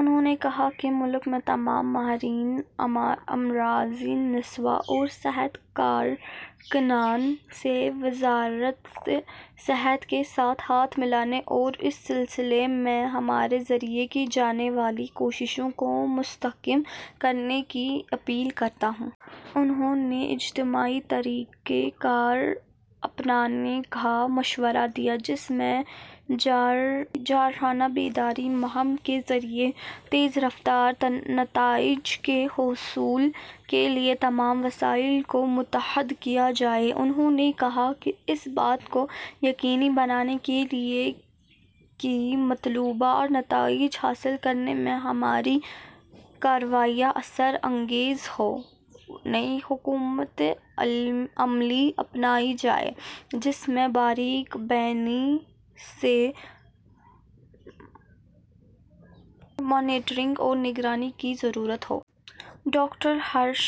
انہوں نے کہا کہ ''ملک میں تمام ماہرینِ امراضِ نسواں اور صحت کارکنان سے وزارتِ صحت کے ساتھ ہاتھ ملانے اور اس سلسلے میں ہمارے ذریعے کی جانے والی کوششوں کو مستحکم کرنے کی اپیل کرتا ہوں۔'' انہوں نے اجتماعی طریقۂ کار اپنانے کا مشورہ دیا، جس میں جارحانہ بیداری مہم کے ذریعے تیز رفتار نتائج کے حصول کے لیے تمام وسائل کو متحد کیا جائے۔ انہوں نے کہا کہ اس بات کو یقینی بنانے کے لیے کہ مطلوبہ نتائج حاصل کرنے میں ہماری کارروائیاں اثر انگیز ہوں، نئی حکمتِ عملی اپنائی جائے، جس میں باریک بینی سے مانیٹرنگ اور نگرانی کی ضرورت ہو۔ ڈاکٹر ہرش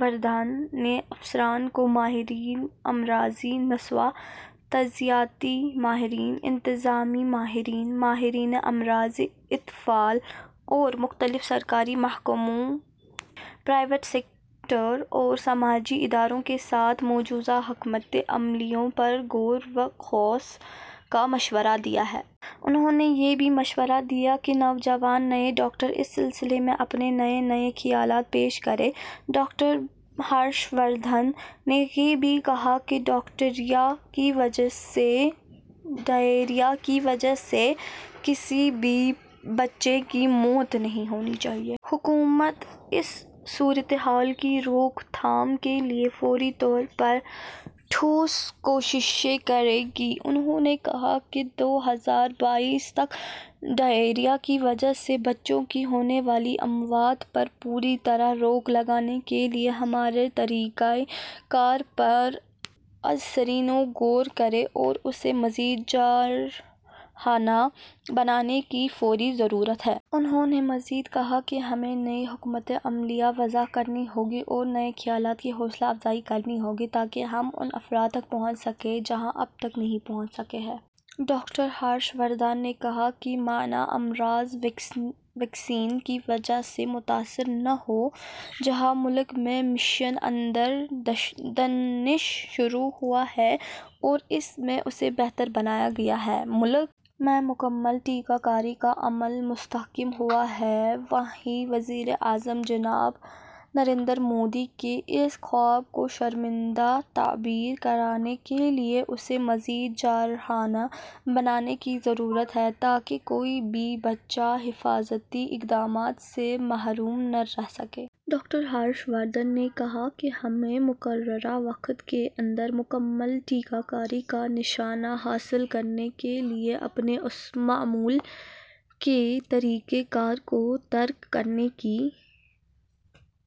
وردھن نے افسران کو ماہرینِ امراضِ نسواں، تغذیاتی ماہرین، انتظامی ماہرین، ماہرینِ امراضِ اطفال اور مختلف سرکاری محکموں، پرائیویٹ سیکٹر اور سماجی اداروں کے ساتھ مجوزہ حکمتِ عملیوں پر غور و خوض کا مشورہ دیا ہے۔ انہوں نے یہ بھی مشورہ دیا کہ نوجوان، نئے ڈاکٹر اس سلسلے میں اپنے نئے نئے خیالات پیش کریں۔ ڈاکٹر ہرش وردھن نے یہ بھی کہا کہ ڈائریا کی وجہ سے کسی بھی بچے کی موت نہیں ہونی چاہیے۔ حکومت اس صورتحال کی روک تھام کے لیے فوری طور پر ٹھوس کوششیں کرے گی۔ انہوں نے کہا کہ دو ہزار بائیس تک ڈائریا کی وجہ سے بچوں کی ہونے والی اموات پر پوری طرح روک لگانے کے لیے ہمارے طریقۂ کار پر ازسرِنو غور کرنے اور اسے مزید جارحانہ بنانے کی فوری ضرورت ہے۔ انہوں نے مزید کہا کہ ہمیں نئی حکمتِ عملیاں وضع کرنی ہوں گی اور نئے خیالات کی حوصلہ افزائی کرنی ہوگی، تاکہ ہم ان افراد تک پہنچ سکیں جہاں اب تک نہیں پہنچ سکے ہیں۔ ڈاکٹر ہرش وردھن نے کہا کہ مانع امراض ویکسین کی وجہ سے متاثر نہ ہو۔ جہاں ملک میں مشن اندر دھنش شروع ہوا ہے اور اس میں اسے بہتر بنایا گیا ہے، ملک میں مکمل ٹیکہ کاری کا عمل مستحکم ہوا ہے، وہیں وزیراعظم جناب نریندر مودی کے اس خواب کو شرمندۂ تعبیر کرانے کے لیے اسے مزید جارحانہ بنانے کی ضرورت ہے، تاکہ کوئی بھی بچہ حفاظتی اقدامات سے محروم نہ رہ سکے۔ ڈاکٹر ہرش وردھن نے کہا کہ ہمیں مقررہ وقت کے اندر مکمل ٹیکہ کاری کا نشانہ حاصل کرنے کے لیے اپنے معمول کے طریقۂ کار کو ترک کرنے کی